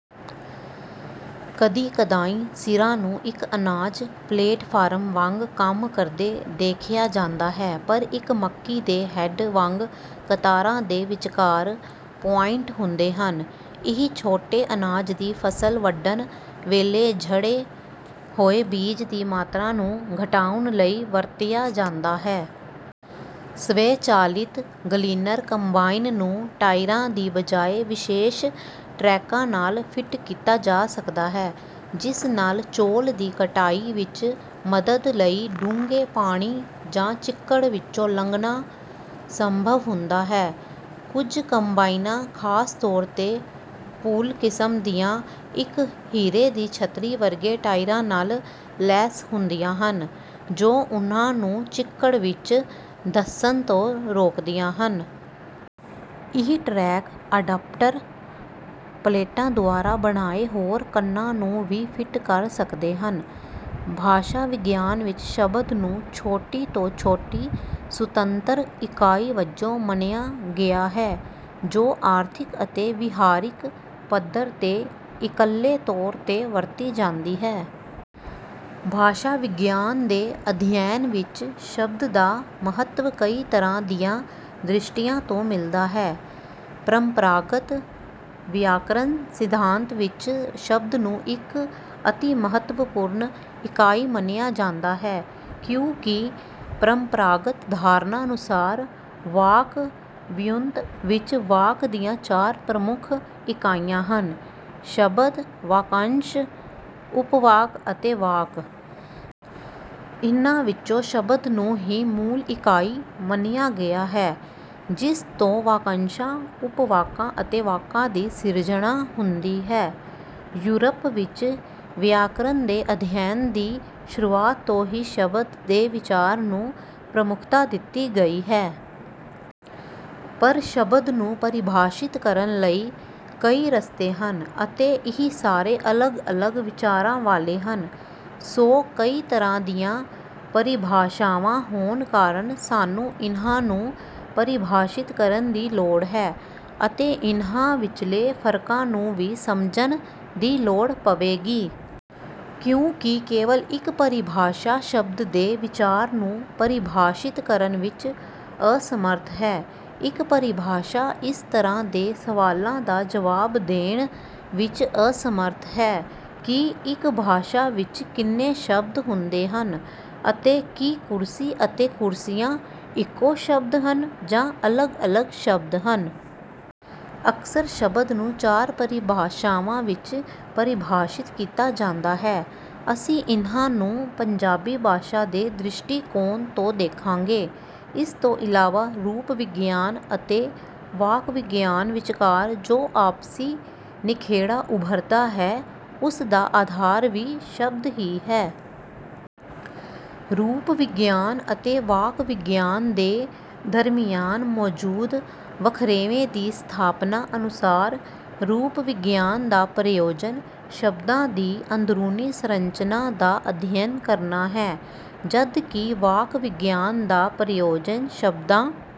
ਕਦੀ-ਕਦਾਈਂ ਸਿਰਾਂ ਨੂੰ ਇੱਕ ਅਨਾਜ ਪਲੇਟਫਾਰਮ ਵਾਂਗ ਕੰਮ ਕਰਦੇ ਦੇਖਿਆ ਜਾਂਦਾ ਹੈ, ਪਰ ਇੱਕ ਮੱਕੀ ਦੇ ਹੈੱਡ ਵਾਂਗ ਕਤਾਰਾਂ ਦੇ ਵਿਚਕਾਰ ਪੁਆਇੰਟ ਹੁੰਦੇ ਹਨ। ਇਹ ਛੋਟੇ ਅਨਾਜ ਦੀ ਫ਼ਸਲ ਵੱਢਣ ਵੇਲੇ ਝੜੇ ਹੋਏ ਬੀਜ ਦੀ ਮਾਤਰਾ ਨੂੰ ਘਟਾਉਣ ਲਈ ਵਰਤਿਆ ਜਾਂਦਾ ਹੈ। ਸਵੈ-ਚਾਲਿਤ ਗਲੀਨਰ ਕੰਬਾਈਨ ਨੂੰ ਟਾਇਰਾਂ ਦੀ ਬਜਾਏ ਵਿਸ਼ੇਸ਼ ਟਰੈਕਾਂ ਨਾਲ ਫਿੱਟ ਕੀਤਾ ਜਾ ਸਕਦਾ ਹੈ, ਜਿਸ ਨਾਲ ਚੌਲ ਦੀ ਕਟਾਈ ਵਿੱਚ ਮਦਦ ਲਈ ਡੂੰਘੇ ਪਾਣੀ ਜਾਂ ਚਿੱਕੜ ਵਿੱਚੋਂ ਲੰਘਣਾ ਸੰਭਵ ਹੁੰਦਾ ਹੈ। ਕੁਝ ਕੰਬਾਈਨਾਂ, ਖ਼ਾਸ ਤੌਰ ’ਤੇ ਪੁੱਲ ਕਿਸਮ ਦੀਆਂ, ਇੱਕ ਹੀਰੇ ਦੀ ਛੱਤਰੀ ਵਰਗੇ ਟਾਇਰਾਂ ਨਾਲ ਲੈਸ ਹੁੰਦੀਆਂ ਹਨ, ਜੋ ਉਨ੍ਹਾਂ ਨੂੰ ਚਿੱਕੜ ਵਿੱਚ ਧੱਸਣ ਤੋਂ ਰੋਕਦੀਆਂ ਹਨ। ਇਹ ਟਰੈਕ ਅਡਾਪਟਰ ਪਲੇਟਾਂ ਦੁਆਰਾ ਬਣਾਏ ਹੋਰ ਕੰਨਾਂ ਨੂੰ ਵੀ ਫਿੱਟ ਕਰ ਸਕਦੇ ਹਨ। ਭਾਸ਼ਾ-ਵਿਗਿਆਨ ਵਿੱਚ ‘ਸ਼ਬਦ’ ਨੂੰ ਛੋਟੀ ਤੋਂ ਛੋਟੀ ਸੁਤੰਤਰ ਇਕਾਈ ਵਜੋਂ ਮੰਨਿਆ ਗਿਆ ਹੈ, ਜੋ ਆਰਥਿਕ ਅਤੇ ਵਿਹਾਰਿਕ ਪੱਧਰ ’ਤੇ ਇੱਕਲੇ ਤੌਰ ’ਤੇ ਵਰਤੀ ਜਾਂਦੀ ਹੈ। ਭਾਸ਼ਾ-ਵਿਗਿਆਨ ਦੇ ਅਧਿਐਨ ਵਿੱਚ ‘ਸ਼ਬਦ’ ਦਾ ਮਹੱਤਵ ਕਈ ਤਰ੍ਹਾਂ ਦੀਆਂ ਦ੍ਰਿਸ਼ਟੀਆਂ ਤੋਂ ਮਿਲਦਾ ਹੈ। ਪਰੰਪਰਾਗਤ ਵਿਆਕਰਨ ਸਿਧਾਂਤ ਵਿੱਚ ‘ਸ਼ਬਦ’ ਨੂੰ ਇੱਕ ਅਤਿ ਮਹੱਤਵਪੂਰਨ ਇਕਾਈ ਮੰਨਿਆ ਜਾਂਦਾ ਹੈ। ਕਿਉਂਕਿ ਪਰੰਪਰਾਗਤ ਧਾਰਨਾ ਅਨੁਸਾਰ ਵਾਕ-ਵਿਓਂਤ ਵਿੱਚ ਵਾਕ ਦੀਆਂ ਚਾਰ ਪ੍ਰਮੁੱਖ ਇਕਾਈਆਂ ਹਨ—ਸ਼ਬਦ, ਵਾਕੰਸ਼, ਉਪਵਾਕ ਅਤੇ ਵਾਕ। ਇਨ੍ਹਾਂ ਵਿੱਚੋਂ ‘ਸ਼ਬਦ’ ਨੂੰ ਹੀ ਮੂਲ ਇਕਾਈ ਮੰਨਿਆ ਗਿਆ ਹੈ, ਜਿਸ ਤੋਂ ਵਾਕੰਸ਼ਾਂ, ਉਪਵਾਕਾਂ ਅਤੇ ਵਾਕਾਂ ਦੀ ਸਿਰਜਣਾ ਹੁੰਦੀ ਹੈ। ਯੂਰਪ ਵਿੱਚ ਵਿਆਕਰਨ ਦੇ ਅਧਿਐਨ ਦੀ ਸ਼ੁਰੂਆਤ ਤੋਂ ਹੀ ‘ਸ਼ਬਦ’ ਦੇ ਵਿਚਾਰ ਨੂੰ ਪ੍ਰਮੁੱਖਤਾ ਦਿੱਤੀ ਗਈ ਹੈ। ਪਰ ਸ਼ਬਦ ਨੂੰ ਪਰਿਭਾਸ਼ਿਤ ਕਰਨ ਲਈ ਕਈ ਰਸਤੇ ਹਨ ਅਤੇ ਇਹ ਸਾਰੇ ਅਲੱਗ-ਅਲੱਗ ਵਿਚਾਰਾਂ ਵਾਲੇ ਹਨ। ਸੋ, ਕਈ ਤਰ੍ਹਾਂ ਦੀਆਂ ਪਰਿਭਾਸ਼ਾਵਾਂ ਹੋਣ ਕਾਰਨ ਸਾਨੂੰ ਇਨ੍ਹਾਂ ਨੂੰ ਪਰਿਭਾਸ਼ਿਤ ਕਰਨ ਦੀ ਲੋੜ ਹੈ ਅਤੇ ਇਨ੍ਹਾਂ ਵਿਚਲੇ ਫ਼ਰਕਾਂ ਨੂੰ ਵੀ ਸਮਝਣ ਦੀ ਲੋੜ ਪਵੇਗੀ। ਕਿਉਂਕਿ ਕੇਵਲ ਇੱਕ ਪਰਿਭਾਸ਼ਾ ‘ਸ਼ਬਦ’ ਦੇ ਵਿਚਾਰ ਨੂੰ ਪਰਿਭਾਸ਼ਿਤ ਕਰਨ ਵਿੱਚ ਅਸਮਰੱਥ ਹੈ। ਇੱਕ ਪਰਿਭਾਸ਼ਾ ਇਸ ਤਰ੍ਹਾਂ ਦੇ ਸਵਾਲਾਂ ਦਾ ਜਵਾਬ ਦੇਣ ਵਿੱਚ ਅਸਮਰੱਥ ਹੈ ਕਿ ਇੱਕ ਭਾਸ਼ਾ ਵਿੱਚ ਕਿੰਨੇ ਸ਼ਬਦ ਹੁੰਦੇ ਹਨ ਅਤੇ ਕੀ ‘ਕੁਰਸੀ’ ਅਤੇ ‘ਕੁਰਸੀਆਂ’ ਇੱਕੋ ਸ਼ਬਦ ਹਨ ਜਾਂ ਅਲੱਗ-ਅਲੱਗ ਸ਼ਬਦ ਹਨ। ਅਕਸਰ ‘ਸ਼ਬਦ’ ਨੂੰ ਚਾਰ ਪਰਿਭਾਸ਼ਾਵਾਂ ਵਿੱਚ ਪਰਿਭਾਸ਼ਿਤ ਕੀਤਾ ਜਾਂਦਾ ਹੈ। ਅਸੀਂ ਇਨ੍ਹਾਂ ਨੂੰ ਪੰਜਾਬੀ ਭਾਸ਼ਾ ਦੇ ਦ੍ਰਿਸ਼ਟੀਕੋਣ ਤੋਂ ਦੇਖਾਂਗੇ। ਇਸ ਤੋਂ ਇਲਾਵਾ, ਰੂਪ-ਵਿਗਿਆਨ ਅਤੇ ਵਾਕ-ਵਿਗਿਆਨ ਵਿਚਕਾਰ ਜੋ ਆਪਸੀ ਨਿਖੇੜਾ ਉਭਰਦਾ ਹੈ, ਉਸ ਦਾ ਆਧਾਰ ਵੀ ‘ਸ਼ਬਦ’ ਹੀ ਹੈ। ਰੂਪ-ਵਿਗਿਆਨ ਅਤੇ ਵਾਕ-ਵਿਗਿਆਨ ਦੇ ਦਰਮਿਆਨ ਮੌਜੂਦ ਵਖਰੇਵੇਂ ਦੀ ਸਥਾਪਨਾ ਅਨੁਸਾਰ, ਰੂਪ-ਵਿਗਿਆਨ ਦਾ ਪ੍ਰਯੋਜਨ ਸ਼ਬਦਾਂ ਦੀ ਅੰਦਰੂਨੀ ਸੰਰਚਨਾ ਦਾ ਅਧਿਐਨ ਕਰਨਾ ਹੈ, ਜਦਕਿ ਵਾਕ-ਵਿਗਿਆਨ ਦਾ ਪ੍ਰਯੋਜਨ ਸ਼ਬਦਾਂ...